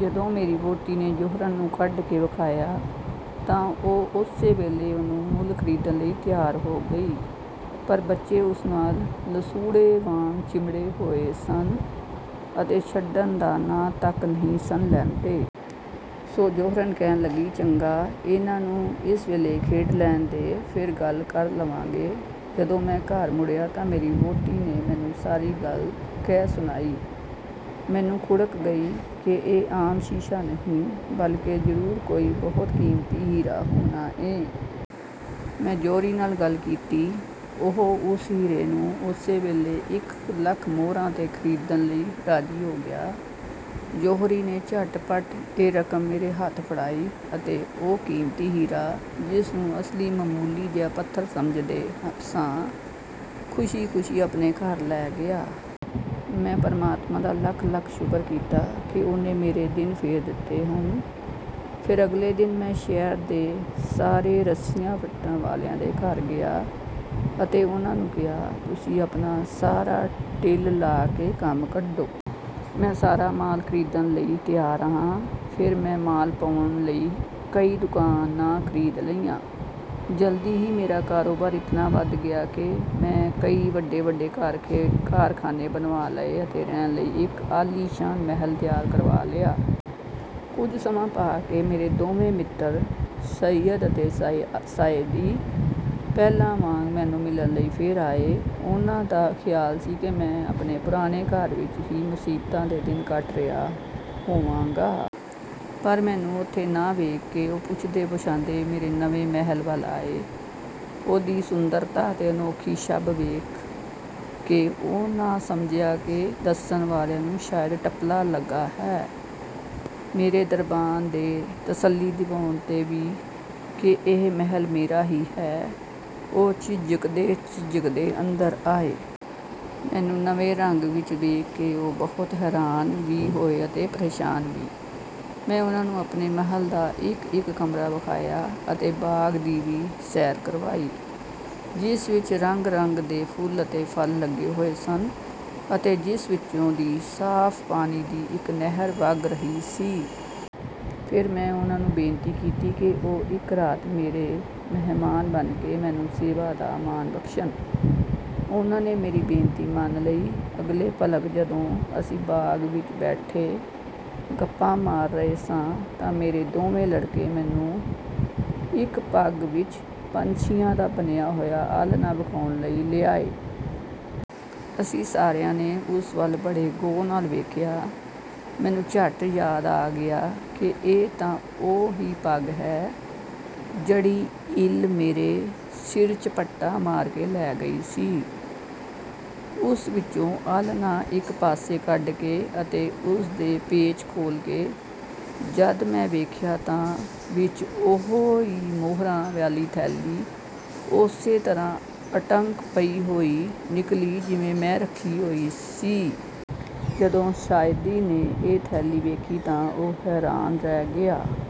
ਜਦੋਂ ਮੇਰੀ ਵਹੁਟੀ ਨੇ ਜੌਹਰਣ ਨੂੰ ਕੱਢ ਕੇ ਵਿਖਾਇਆਂ ਤਾਂ ਉਹ ਉਸੇ ਵੇਲੇ ਉਹਨੂੰ ਮੁਲ ਖ਼ਰੀਦਣ ਲਈ ਤਿਆਰ ਹੋ ਗਈ। ਪਰ ਬੱਚੇ ਉਸ ਨਾਲ ਲਸੂੜੇ ਵਾਂਙ ਚਿਮੜੇ ਹੋਏ ਸਨ ਅਤੇ ਛੱਡਣ ਦਾ ਨਾਂ ਤੱਕ ਨਹੀਂ ਸਨ ਲੈਂਦੇ। ਸੋ ਜੌਹਰਣ ਕਹਿਣ ਲੱਗੀ, "ਚੰਗਾ, ਇਹਨਾਂ ਨੂੰ ਇਸ ਵੇਲੇ ਖੇਡ ਲੈਣ ਦੇ। ਫੇਰ ਗੱਲ ਕਰ ਲਵਾਂਗੇ। " ਜਦੋਂ ਮੈਂ ਘਰ ਮੁੜਿਆ ਤਾਂ ਮੇਰੀ ਵਹੁਟੀ ਨੇ ਮੈਨੂੰ ਸਾਰੀ ਗੱਲ ਕਹਿ ਸੁਣਾਈ। ਮੈਨੂੰ ਖੁੜਕ ਗਈ ਕਿ ਇਹ ਆਮ ਸ਼ੀਸ਼ਾ ਨਹੀਂ ਬਲਕਿ ਜ਼ਰੂਰ ਕੋਈ ਬਹੁਤ ਕੀਮਤੀ ਹੀਰਾ ਹੋਣਾ ਏ। ਮੈਂ ਜੌਹਰੀ ਨਾਲ ਗੱਲ ਕੀਤੀ। ਉਹ ਉਸ ਹੀਰੇ ਨੂੰ ਉਸੇ ਵੇਲੇ ਇਕ ਲੱਖ ਮੁਹਰਾਂ ਤੇ ਖ਼ਰੀਦਣ ਲਈ ਰਾਜ਼ੀ ਹੋ ਗਿਆ। ਜੌਹਰੀ ਨੇ ਝਟ ਪਟ ਇਹ ਰਕਮ ਮੇਰੇ ਹੱਥ ਫੜਾਈ ਅਤੇ ਉਹ ਕੀਮਤੀ ਹੀਰਾ ਜਿਸ ਨੂੰ ਅਸੀਂ ਮਾਮੂਲੀ ਜਿਹਾ ਪੱਥਰ ਸਮਝਦੇ ਸਾਂ, ਖੁਸ਼ੀ ਖੁਸ਼ੀ ਆਪਣੇ ਘਰ ਲੈ ਗਿਆ। ਮੈਂ ਪਰਮਾਤਮਾ ਦਾ ਲੱਖ ਲੱਖ ਸ਼ੁਕਰ ਕੀਤਾ ਕਿ ਉਹਨੇ ਮੇਰੇ ਦਿਨ ਫੇਰ ਦਿੱਤੇ ਹਨ। ਫੇਰ ਅਗਲੇ ਦਿਨ ਮੈਂ ਸ਼ਹਿਰ ਦੇ ਸਾਰੇ ਰੱਸੀਆਂ ਵੱਟਣ ਵਾਲਿਆਂ ਦੇ ਘਰ ਗਿਆ ਅਤੇ ਉਹਨਾਂ ਨੂੰ ਕਿਹਾ, 'ਤੁਸੀਂ ਆਪਣਾ ਸਾਰਾ ਟਿੱਲ ਲਾ ਕੇ ਕੰਮ ਕੱਢੋ। ਮੈਂ ਸਾਰਾ ਮਾਲ ਖ਼ਰੀਦਣ ਲਈ ਤਿਆਰ ਆਂ। ਫੇਰ ਮੈਂ ਮਾਲ ਪਾਉਣ ਲਈ ਕਈ ਦੁਕਾਨਾਂ ਖ਼ਰੀਦ ਲਈਆਂ। ਜਲਦੀ ਹੀ ਮੇਰਾ ਕਾਰੋਬਾਰ ਇਤਨਾ ਵੱਧ ਗਿਆ ਕਿ ਮੈਂ ਕਈ ਵੱਡੇ ਵੱਡੇ ਕਾਰਖ਼ਾਨੇ ਬਣਵਾ ਲਏ ਅਤੇ ਰਹਿਣ ਲਈ ਇਕ ਆਲੀਸ਼ਾਨ ਮਹੱਲ ਤਿਆਰ ਕਰਵਾ ਲਿਆ। ਕੁਝ ਸਮਾਂ ਪਾ ਕੇ ਮੇਰੇ ਦੋਵੇਂ ਮਿੱਤਰ, ਸਾਅਦ ਤੇ ਸਾਅਦੀ, ਪਹਿਲਾਂ ਵਾਂਙ ਮੈਨੂੰ ਮਿਲਣ ਲਈ ਫੇਰ ਆਏ। ਉਹਨਾਂ ਦਾ ਖ਼ਿਆਲ ਸੀ ਕਿ ਮੈਂ ਆਪਣੇ ਪੁਰਾਣੇ ਘਰ ਵਿਚ ਹੀ ਮੁਸੀਬਤਾਂ ਦੇ ਦਿਨ ਕੱਟ ਰਿਹਾ ਹੋਵਾਂਗਾ। ਪਰ ਮੈਨੂੰ ਉੱਥੇ ਨਾ ਵੇਖ ਕੇ ਉਹ ਪੁੱਛਦੇ ਪੁੱਛਾਂਦੇ ਮੇਰੇ ਨਵੇਂ ਮਹੱਲ ਵੱਲ ਆਏ। ਉਹਦੀ ਸੁੰਦਰਤਾ ਅਤੇ ਅਨੋਖੀ ਛੱਬ ਵੇਖ ਕੇ ਉਹਨਾਂ ਸਮਝਿਆ ਕਿ ਦੱਸਣ ਵਾਲਿਆਂ ਨੂੰ ਸ਼ਾਇਦ ਟੱਪਲਾ ਲੱਗਾ ਹੈ। ਮੇਰੇ ਦਰਬਾਨ ਦੇ ਤਸੱਲੀ ਦਿਵਾਉਣ ਤੇ ਵੀ ਕਿ ਇਹ ਮਹੱਲ ਮੇਰਾ ਹੀ ਹੈ, ਉਹ ਝਿਜਕਦੇ ਝਿਜਕਦੇ ਅੰਦਰ ਆਏ। ਮੈਨੂੰ ਨਵੇਂ ਰੰਗ ਵਿਚ ਵੇਖ ਕੇ ਉਹ ਬਹੁਤ ਹੈਰਾਨ ਵੀ ਹੋਏ ਅਤੇ ਪਰੇਸ਼ਾਨ ਵੀ। ਮੈਂ ਉਹਨਾਂ ਨੂੰ ਆਪਣੇ ਮਹੱਲ ਦਾ ਇਕ ਇਕ ਕਮਰਾ ਵਿਖਾਇਆ ਅਤੇ ਬਾਗ਼ ਦੀ ਵੀ ਸੈਰ ਕਰਵਾਈ, ਜਿਸ ਵਿਚ ਰੰਗ ਰੰਗ ਦੇ ਫੁੱਲ ਅਤੇ ਫਲ ਲੱਗੇ ਹੋਏ ਸਨ ਅਤੇ ਜਿਸ ਵਿੱਚੋਂ ਦੀ ਸਾਫ਼ ਪਾਣੀ ਦੀ ਇਕ ਨਹਿਰ ਵੱਗ ਰਹੀ ਸੀ। ਫੇਰ ਮੈਂ ਉਹਨਾਂ ਨੂੰ ਬੇਨਤੀ ਕੀਤੀ ਕਿ ਉਹ ਇਕ ਰਾਤ ਮੇਰੇ ਮਹਿਮਾਨ ਬਣ ਕੇ ਮੈਨੂੰ ਸੇਵਾ ਦਾ ਮਾਣ ਬਖ਼ਸ਼ਣ। ਉਹਨਾਂ ਨੇ ਮੇਰੀ ਬੇਨਤੀ ਮੰਨ ਲਈ। ਅਗਲੇ ਭਲਕ ਜਦੋਂ ਅਸੀਂ ਬਾਗ ਵਿਚ ਬੈਠੇ ਗੱਪਾਂ ਮਾਰ ਰਹੇ ਸਾਂ ਤਾਂ ਮੇਰੇ ਦੋਵੇਂ ਲੜਕੇ ਮੈਨੂੰ ਇਕ ਪੱਗ ਵਿਚ ਪੰਛੀਆਂ ਦਾ ਬਣਿਆ ਹੋਇਆ ਆਲਣਾ ਵਿਖਾਉਣ ਲਈ ਲਿਆਏ। ਅਸੀਂ ਸਾਰਿਆਂ ਨੇ ਉਸ ਵਲ ਬੜੇ ਗਹੁ ਨਾਲ ਵੇਖਿਆ। ਮੈਨੂੰ ਝੱਟ ਯਾਦ ਆ ਗਿਆ ਕਿ ਇਹ ਤਾਂ ਉਹ ਹੀ ਪੱਗ ਹੈ ਜਿਹੜੀ ਇੱਲ ਮੇਰੇ ਸਿਰ ਝਪਟਾ ਮਾਰ ਕੇ ਲੈ ਗਈ ਸੀ। ਉਸ ਵਿਚੋਂ ਆਲ੍ਹਣਾ ਇਕ ਪਾਸੇ ਕੱਢ ਕੇ ਅਤੇ ਉਸ ਦੇ ਪੇਚ ਖੋਲ ਕੇ ਜਦ ਮੈਂ ਵੇਖਿਆ ਤਾਂ ਵਿਚ ਉਹੋ ਹੀ ਮੁਹਰਾਂ ਵਾਲੀ ਥੈਲੀ ਉਸੇ ਤਰ੍ਹਾਂ ਅਟੰਕ ਪਈ ਹੋਈ ਨਿਕਲੀ ਜਿਵੇਂ ਮੈਂ ਰੱਖੀ ਸੀ। ਜਦੋਂ ਸਾਅਦੀ ਨੇ ਇਹ ਥੈਲੀ ਵੇਖੀ ਤਾਂ ਉਹ ਹੈਰਾਨ ਰਹਿ ਗਿਆ।